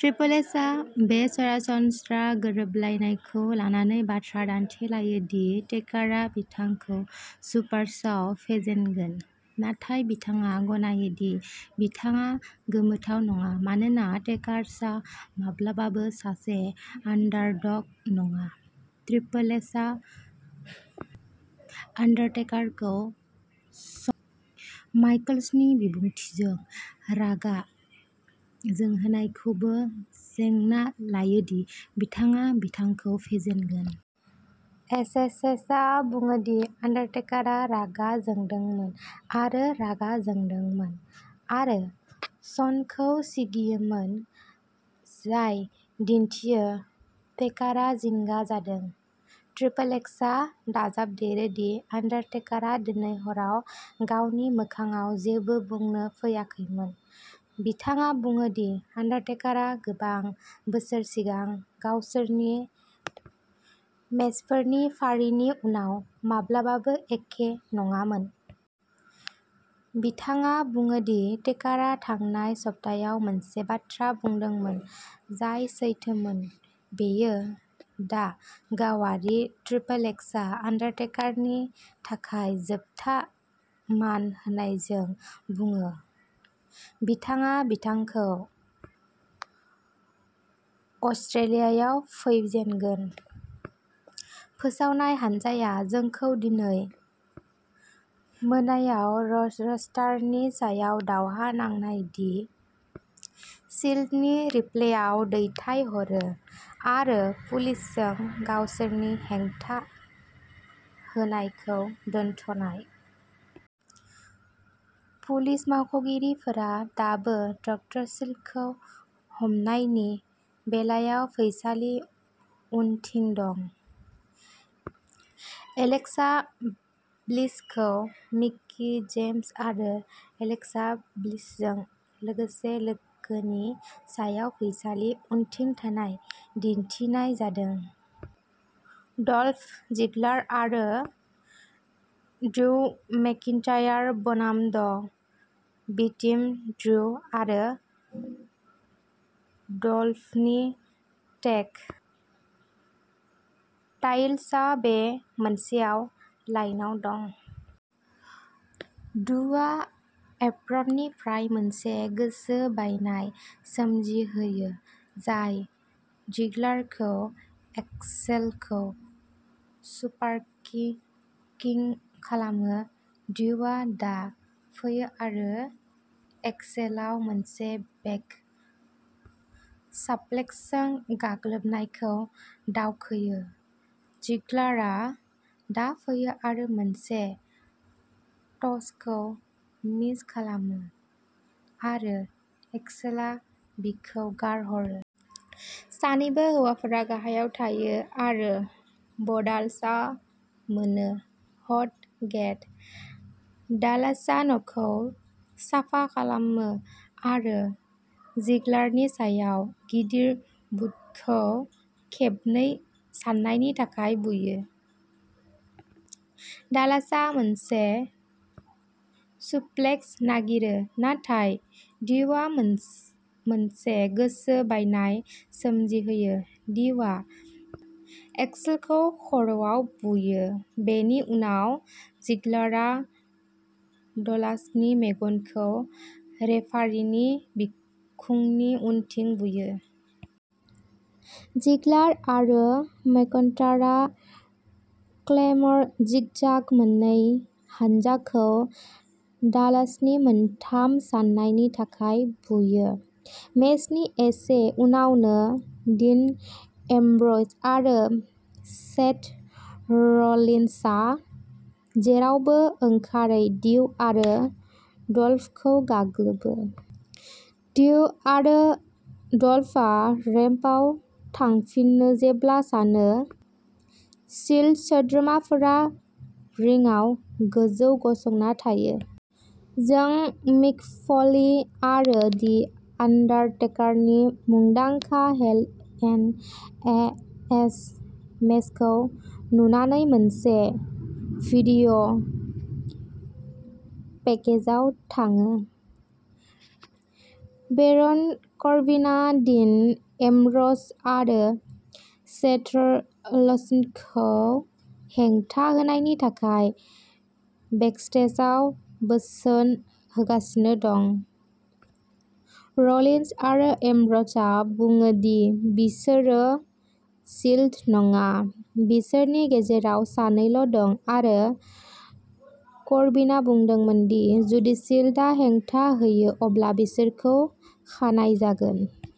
Triple एचआ बे सरासनस्रा गोरोबलायनायखौ लानानै बाथ्रा दानथेलायो दि टेकारआ बिथांखौ सुपार श'आव फेजेनगोन, नाथाय बिथाङा गनायो दि बिथाङा गोमोथाव नङा मानोना टेकारआ माब्लाबाबो सासे आन्डारडग नङा। ट्रिपल एचआ अंडरटेकारखौ श'न माइकल्सनि बिबुंथिजों रागा जोंहोनायखौबो जेंना लायो दि बिथाङा बिथांखौ फेजेनगोन। एचएचएचआ बुङो दि अंडरटेकारआ रागा जोंदोंमोन आरो रागा जोंदोंमोन, आरो श'नखौ सिगियोमोन, जाय दिन्थियो टेकारआ जिंगा जादों। ट्रिपल एचआ दाजाबदेरो दि अंडरटेकारआ दिनै हराव गावनि मोखांआव जेबो बुंनो फैयाखैमोन। बिथाङा बुङो दि अंडरटेकारआ गोबां बोसोर सिगां गावसोरनि मेचफोरनि फारिनि उनाव माब्लाबाबो एखे नङामोन। बिथाङा बुङो दि टेकारआ थांनाय सप्तायाव मोनसे बाथ्रा बुंदोंमोन जाय सैथोमोन बेयो दा गावारि। ट्रिपल एचआ अंडरटेकारनि थाखाय जोबथा मान होनायजों बुङो, बिथाङा बिथांखौ अस्ट्रेलियायाव फैजेनगोन। फोसावनाय हानजाया जोंखौ दिनै मोनायाव र' रस्टारनि सायाव दावहा नांनाय दि शील्डनि रिप्लेआव दैथायहरो, आरो पुलिसजों गावसोरनि हेंथाहोनायखौ दोनथ'नाय। पुलिस मावख'गिरिफोरा दाबो द शील्डखौ हमनायनि बेलायाव फैसालि उनथिं दं। एलेक्सा ब्लिसखौ मिकी जेम्स आरो एलेक्सा ब्लिसजों लोगोसे सोलोनि सायाव फैसालि उनथिं थांनाय दिन्थिनाय जादों। डल्फ जिग्लार आरो ड्रु मैकइन्टायर बनाम द बी टीम ड्रु आरो डल्फनि टेग टाइटल्सआ बे मोनसेआव लाइनआव दं। ड्रुआ एप्रननिफ्राय मोनसे गोसो बायनाय सोमजिहोयो जाय जिग्लारखौ एक्सेलखौ सुपारकि किं खालामो। ड्रुआ दा फैयो आरो एक्सेलआव मोनसे बेक साप्लेक्सजों गाग्लोबनायखौ दावखोयो। जिग्लारआ दा फैयो आरो मोनसे शटखौ मिस खालामो, आरो एक्सेलआ बिखौ गारहरो। सानैबो हौवाफोरा गाहायाव थायो आरो ब'डालासआ मोनो। Hot tag. डालासआ न'खौ साफा खालामो आरो जिगलारनि सायाव गिदिर बुटखौ खेबनै साननायनि थाखाय बुयो। डालासआ मोनसे सुप्लेक्स नागिरो, नाथाय ड्रुआ मोनसे गोसो बायनाय सोमजिहोयो। ड्रुआ एक्सेलखौ खर'आव बुयो, बेनि उनाव जिगलारआ डलासनि मेगनखौ रेफारिनि बिखुंनि उनथिं बुयो। जिगलार आरो मैकइन्टायरआ क्लेमर जिग जाग मोननै हान्जाखौ डालासनि मोनथाम साननायनि थाखाय बुयो। मेचनि एसे उनावनो, डीन एम्ब्र'ज आरो सेथ र'लिन्सआ जेरावबो ओंखारै ड्रु आरो डल्फखौ गाग्लोबो। ड्रु आरो डल्फआ रेम्पआव थांफिनो जेब्ला सानै शील्ड सोद्रोमाफोरा रिंआव गोजौ गसंना थायो। जों मिक फ'ली आरो दि आन्डारटेकारनि मुंदांखा हेल इन ए सेल मेचखौ नुनानै मोनसे भिडिअ'पेकेजाव थाङो। बेरन करबिनआ डीन एम्ब्र'ज आरो सेथ र'लिन्सखौ हेंथा होनायनि थाखाय बेकस्टेजआव बोसोन होगासिनो दं। र'लिन्स आरो एम्ब्र'जआ बुङो दि बिसोरो शील्ड नङा, बिसोरनि गेजेराव सानैल' दं, आरो करबिनआ बुंदोंमोन दि जुदि शील्डआ हेंथा होयो अब्ला बिसोरखौ खानाय जागोन।